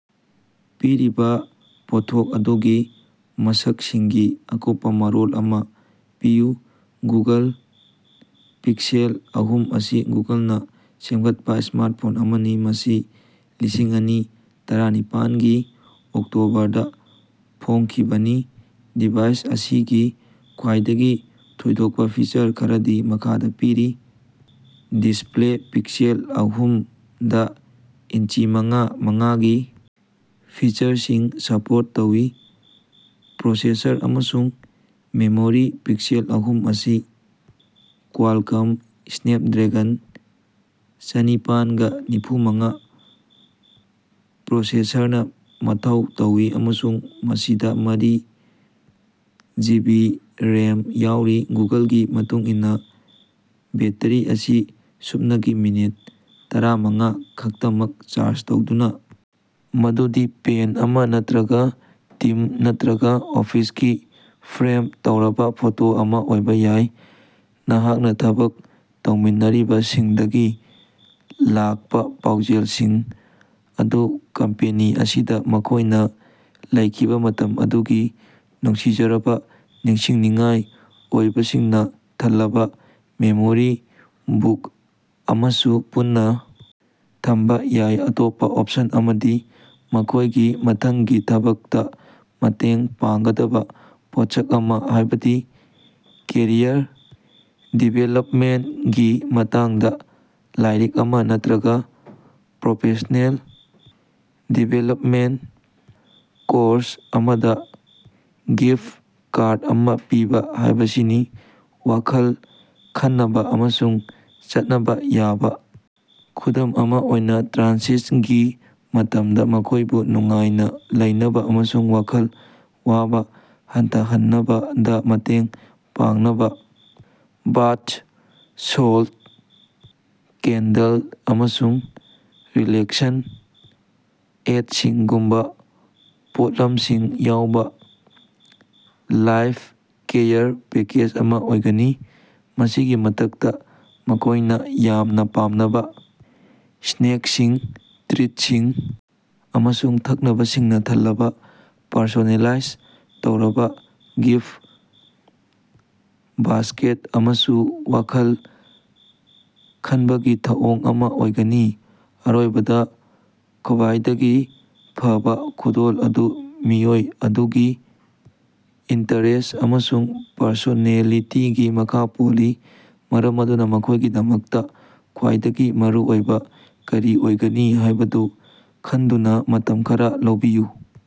ꯄꯤꯔꯤꯕ ꯄꯣꯠꯊꯣꯛ ꯑꯗꯨꯒꯤ ꯃꯁꯛꯁꯤꯡꯒꯤ ꯑꯀꯨꯞꯄ ꯃꯔꯣꯜ ꯑꯃꯥ ꯄꯤꯌꯨ꯫ ꯒꯨꯒꯜ ꯄꯤꯛꯁꯦꯜ ꯑꯍꯨꯝ ꯑꯁꯤ ꯒꯨꯒꯜꯅ ꯁꯦꯝꯒꯠꯄ ꯁ꯭ꯃꯥꯔꯇꯐꯣꯟ ꯑꯃꯅꯤ, ꯃꯁꯤ ꯂꯤꯁꯤꯡ ꯑꯅꯤ ꯇꯔꯥꯅꯤꯄꯥꯟꯒꯤ ꯑꯣꯛꯇꯣꯕꯔꯗꯥ ꯐꯣꯡꯈꯤꯕꯅꯤ꯫ ꯗꯤꯚꯥꯏꯁ ꯑꯁꯤꯒꯤ ꯈ꯭ꯋꯥꯏꯗꯒꯤ ꯊꯣꯏꯗꯣꯛꯄ ꯐꯤꯆꯔ ꯈꯔꯗꯤ ꯃꯈꯥꯗ ꯄꯤꯔꯤ, ꯗꯤꯁꯞꯂꯦ ꯄꯤꯛꯁꯦꯜ ꯑꯍꯨꯝꯗ ꯏꯟꯆꯤ ꯃꯉꯥ .ꯃꯉꯥꯒꯤ ꯐꯤꯆꯔꯁꯤꯡ ꯁꯄꯣꯔꯠ ꯇꯧꯏ꯫ ꯄ꯭ꯔꯣꯁꯦꯁꯔ ꯑꯃꯁꯨꯡ ꯃꯦꯃꯣꯔꯤ ꯄꯤꯛꯁꯦꯜ ꯑꯍꯨꯝ ꯑꯁꯤ ꯀ꯭ꯕꯥꯂꯀꯣꯃ ꯁ꯭ꯅꯦꯄꯗ꯭ꯔꯒꯟ ꯆꯥꯅꯤꯄꯥꯟꯒ ꯅꯤꯐꯨꯃꯉꯥ ꯄ꯭ꯔꯣꯁꯦꯁꯔꯅꯥ ꯃꯊꯧ ꯇꯧꯏ ꯑꯃꯁꯨꯡ ꯃꯁꯤꯗꯥ ꯃꯔꯤ ꯖꯤꯕꯤ ꯔꯦꯝ ꯌꯥꯎꯔꯤ꯫ ꯒꯨꯒꯜꯒꯤ ꯃꯇꯨꯡ ꯏꯟꯅꯥ ꯕꯦꯠꯇꯔꯤ ꯑꯁꯤ ꯁꯨꯞꯅꯒꯤ ꯃꯤꯅꯤꯠ ꯇꯔꯥꯃꯉꯥ ꯈꯛꯇꯃꯛ ꯆꯥꯔꯖ ꯇꯧꯗꯨꯅꯥ ꯃꯗꯨꯗꯤ ꯄꯦꯟ ꯑꯃꯥ ꯅꯠꯠꯔꯒꯥ ꯇꯤꯝ ꯅꯠꯠꯔꯒꯥ ꯑꯣꯐꯤꯁꯀꯤ ꯐ꯭ꯔꯦꯝ ꯇꯧꯔꯕ ꯐꯣꯇꯣ ꯑꯃꯥ ꯑꯣꯏꯕ ꯌꯥꯏ꯫ ꯅꯍꯥꯛꯅ ꯊꯕꯛ ꯇꯧꯃꯤꯟꯅꯔꯤꯕꯁꯤꯡꯗꯒꯤ ꯂꯥꯛꯄ ꯄꯥꯎꯖꯦꯜꯁꯤꯡ ꯑꯃꯁꯨꯡ ꯀꯝꯄꯦꯅꯤ ꯑꯁꯤꯗ ꯃꯈꯣꯏꯅ ꯂꯩꯈꯤꯕ ꯃꯇꯝ ꯑꯗꯨꯒꯤ ꯅꯨꯡꯁꯤꯖꯔꯕꯥ ꯅꯤꯡꯁꯤꯡꯅꯤꯡꯉꯥꯏ ꯑꯣꯏꯕꯁꯤꯡꯅ ꯊꯜꯂꯕ ꯃꯦꯃꯣꯔꯤ ꯕꯨꯛ ꯑꯃꯁꯨ ꯄꯨꯟꯅ ꯊꯝꯕ ꯌꯥꯏ꯫ ꯑꯇꯣꯞꯄ ꯑꯣꯄꯁꯟ ꯑꯃꯗꯤ ꯃꯈꯣꯏꯒꯤ ꯃꯊꯪꯒꯤ ꯊꯕꯛꯇ ꯃꯇꯦꯡ ꯄꯥꯡꯒꯗꯕ ꯄꯣꯠꯁꯛ ꯑꯃꯥ, ꯍꯥꯏꯕꯗꯤ ꯀꯦꯔꯤꯌꯔ ꯗꯤꯚꯦꯂꯄꯃꯦꯟꯇꯒꯤ ꯃꯇꯥꯡꯗ ꯂꯥꯏꯔꯤꯛ ꯑꯃꯥ ꯅꯠꯠꯔꯒ ꯄ꯭ꯔꯣꯐꯦꯁꯅꯦꯜ ꯗꯤꯚꯦꯂꯄꯃꯦꯟꯇ ꯀꯣꯔꯁ ꯑꯃꯗ ꯒꯤꯐꯠ ꯀꯥꯔꯠ ꯑꯃꯥ ꯄꯤꯕ ꯍꯥꯏꯕꯁꯤꯅꯤ꯫ ꯋꯥꯈꯜ ꯈꯟꯅꯕ ꯑꯃꯁꯨꯡ ꯆꯠꯅꯕ ꯌꯥꯕ ꯈꯨꯗꯣꯜ ꯑꯃꯥ ꯑꯣꯏꯅ ꯇ꯭ꯔꯥꯟꯁꯤꯁꯒꯤ ꯃꯇꯝꯗ ꯃꯈꯣꯏꯕꯨ ꯅꯨꯡꯉꯥꯏꯅ ꯂꯩꯅꯕ ꯑꯃꯁꯨꯡ ꯋꯥꯈꯜ ꯋꯥꯕ ꯍꯟꯊꯍꯟꯅꯕꯗ ꯃꯇꯦꯡ ꯄꯥꯡꯅꯕ ꯕꯥꯊ ꯁꯣꯜꯇ, ꯀꯦꯟꯗꯜ, ꯑꯃꯁꯨꯡ ꯔꯤꯂꯦꯛꯁꯟ ꯑꯦꯗꯁꯤꯡꯒꯨꯝꯕꯥ ꯄꯣꯠꯂꯝꯁꯤꯡ ꯌꯥꯎꯕ ꯁꯦꯂꯐ-ꯀꯦꯌꯔ ꯄꯦꯀꯦꯖ ꯑꯃꯥ ꯑꯣꯏꯒꯅꯤ꯫ ꯃꯁꯤꯒꯤ ꯃꯊꯛꯇꯥ, ꯃꯈꯣꯌꯅꯥ ꯌꯥꯝꯅꯥ ꯄꯥꯝꯅꯕꯥ ꯁ꯭ꯅꯦꯀꯁꯤꯡ, ꯇ꯭ꯔꯤꯠꯁꯤꯡ ꯑꯃꯁꯨꯡ ꯊꯛꯅꯕꯁꯤꯡꯅ ꯊꯜꯂꯕꯥ ꯄꯔꯁꯣꯅꯦꯂꯥꯏꯖ ꯇꯧꯔꯕ ꯒꯤꯐꯠ ꯕꯥꯁ꯭ꯀꯦꯠ ꯑꯃꯁꯨ ꯋꯥꯈꯜ ꯈꯅꯕꯒꯤ ꯊꯧꯑꯣꯡ ꯑꯃꯥ ꯑꯣꯏꯒꯅꯤ꯫ ꯑꯔꯣꯏꯕꯗꯥ, ꯈ꯭ꯕꯥꯏꯗꯒꯤ ꯐꯕꯥ ꯈꯨꯗꯣꯜ ꯑꯗꯨ ꯃꯤꯑꯣꯏ ꯑꯗꯨꯒꯤ ꯏꯟꯇꯔꯦꯁ꯭ꯠ ꯑꯃꯁꯨꯡ ꯄꯔꯁꯣꯅꯦꯂꯤꯇꯤꯒꯤ ꯃꯈꯥ ꯄꯣꯜꯂꯤ, ꯃꯔꯝ ꯑꯗꯨꯅꯥ ꯃꯈꯣꯏꯒꯤꯗꯃꯛꯇꯥ ꯈ꯭ꯋꯥꯏꯗꯒꯤ ꯃꯔꯨꯑꯣꯏꯕ ꯀꯔꯤ ꯑꯣꯏꯒꯅꯤ ꯍꯥꯏꯕꯗꯨ ꯈꯟꯗꯨꯅ ꯃꯇꯝ ꯈꯔꯥ ꯂꯧꯕꯤꯌꯨ꯫